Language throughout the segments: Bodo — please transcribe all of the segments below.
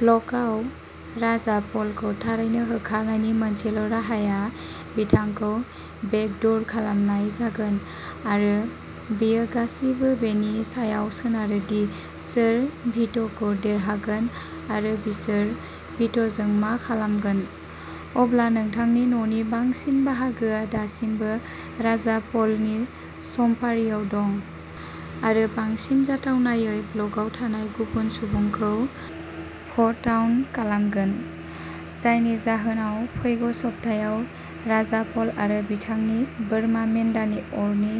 ब्लकआव। राजा पलखौ थारैनो होखारनायनि मोनसेल'राहाया बिथांखौ बेकड'र खालामनाय जागोन आरो बेयो गासिबो बेनि सायाव सोनारो दि सोर भिट'खौ देरहागोन आरो बिसोर भिट'जों मा खालामगोन। अब्ला नोंथांनि न'नि बांसिन बाहागोआ दासिमबो राजा पलनि समफारियाव दं आरो बांसिन जाथावनायै ब्लकआव थानाय गुबुन सुबुंखौ भ'ट आउट खालामगोन, जायनि जाहोनाव फैगौ सप्तायाव राजा पल आरो बिथांनि बोरमा मेन्दानि अरनि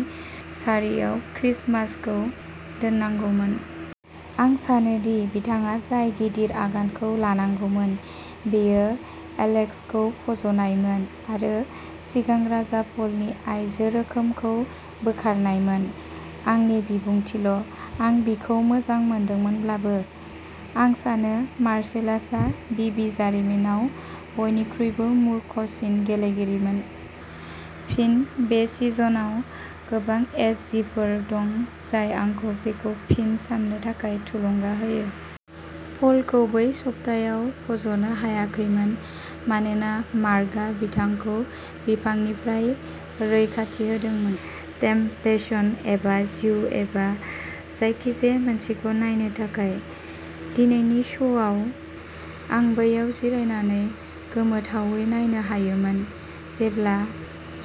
सारियाव क्रिसमासखौ दोननांगौमोन। आं सानो दि बिथाङा जाय गिदिर आगानखौ लानांगौमोन बेयो एलेक्सखौ फज'नायमोन आरो सिगां राजा पलनि आइजो रोखोमखौ बोखारनायमोन। आंनि बिबुंथिल'। आं बिखौ मोजां मोनदोंमोनब्लाबो, आं सानो मार्सेलासआ बिबि जारिमिनाव बयनिख्रुइबो मूर्खसिन गेलेगिरिमोन। फिन, बे सिजनाव गोबां एचजिफोर दं जाय आंखौ बेखौ फिन साननो थाखाय थुलुंगा होयो। पलखौ बै सप्तायाव फज'नो हायाखैमोन मानोना मार्कआ बिथांखौ बिफांनिफ्राय रैखाथि होदोंमोन। टेम्पटेशन एबा जिउ एबा जायखिजाया मोनसेखौ नायनो थाखाय। दिनैनि श'आव, आं बैयाव जिरायनानै गोमोथावै नायनो हायोमोन, जेब्ला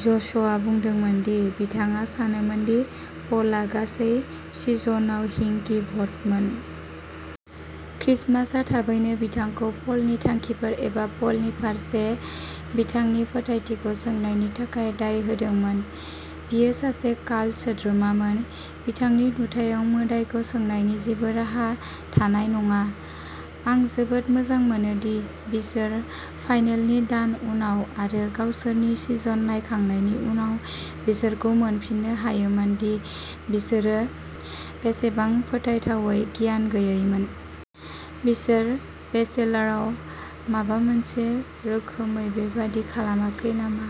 ज'शआ बुंदोंमोन दि बिथाङा सानोमोन दि पलआ गासै सिजनआव हिंकी भ'टमोन। क्रिसमासआ थाबैनो बिथांखौ पलनि थांखिफोर एबा पलनि फारसे बिथांनि फोथायथिखौ सोंनायनि थाखाय दाय होदोंमोन। बियो सासे काल्ट सोद्रोमामोन। बिथांनि नुथायाव मोदाइखौ सोंनायनि जेबो राहा थानाय नङा। आं जोबोद मोजां मोनो दि बिसोर फाइनेलनि दान उनाव आरो गावसोरनि सिजन नायखांनायनि उनाव बिसोरखौ मोनफिननो हायोमोन दि बिसोरो बेसेबां फोथायथावै गियान गैयैमोन। बिसोर बेचेलारआव माबा मोनसे रोखोमै बेबादि खालामाखै नामा?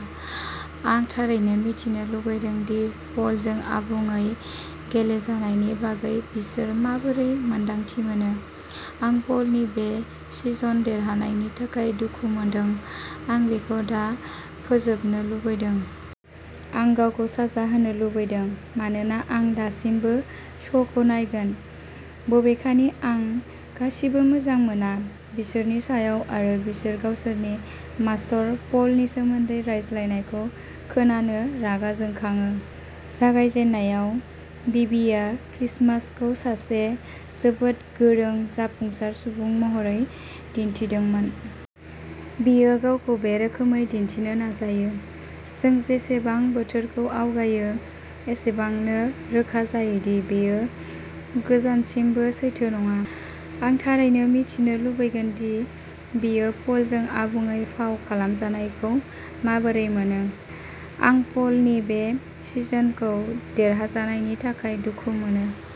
आं थारैनो मिथिनो लुबैदों दि पलजों आबुङै गेलेजानायनि बागै बिसोर माबोरै मोन्दांथि मोनो। आं पलनि बे सिजन देरहानायनि थाखाय दुखु मोनदों। आं बेखौ दा फोजोबनो लुबैदों। आं गावखौ साजा होनो लुबैदों मानोना आं दासिमबो श'खौ नायगोन, बबेखानि आं गासिबो मोजां मोना। बिसोरनि सायाव आरो बिसोर गावसोरनि मास्तर, पलनि सोमोन्दै रायज्लायनायखौ खोनानो रागा जोंखाङो। जागायजेननायाव, बीबीआ क्रिसमासखौ सासे जोबोद गोरों, जाफुंसार सुबुं महरै दिन्थिदोंमोन। बियो गावखौ बे रोखोमै दिन्थिनो नाजायो। जों जेसेबां बोथोरखौ आवगायो, एसेबांनो रोखा जायो दि बेयो गोजानसिमबो सैथो नङा। आं थारैनो मिथिनो लुबैगोन दि बिसोर पलजों आबुङै फाव खालामजानायखौ माबोरै मोनो। आं पलनि बे सिजनखौ देरहानायनि थाखाय दुखु मोनो।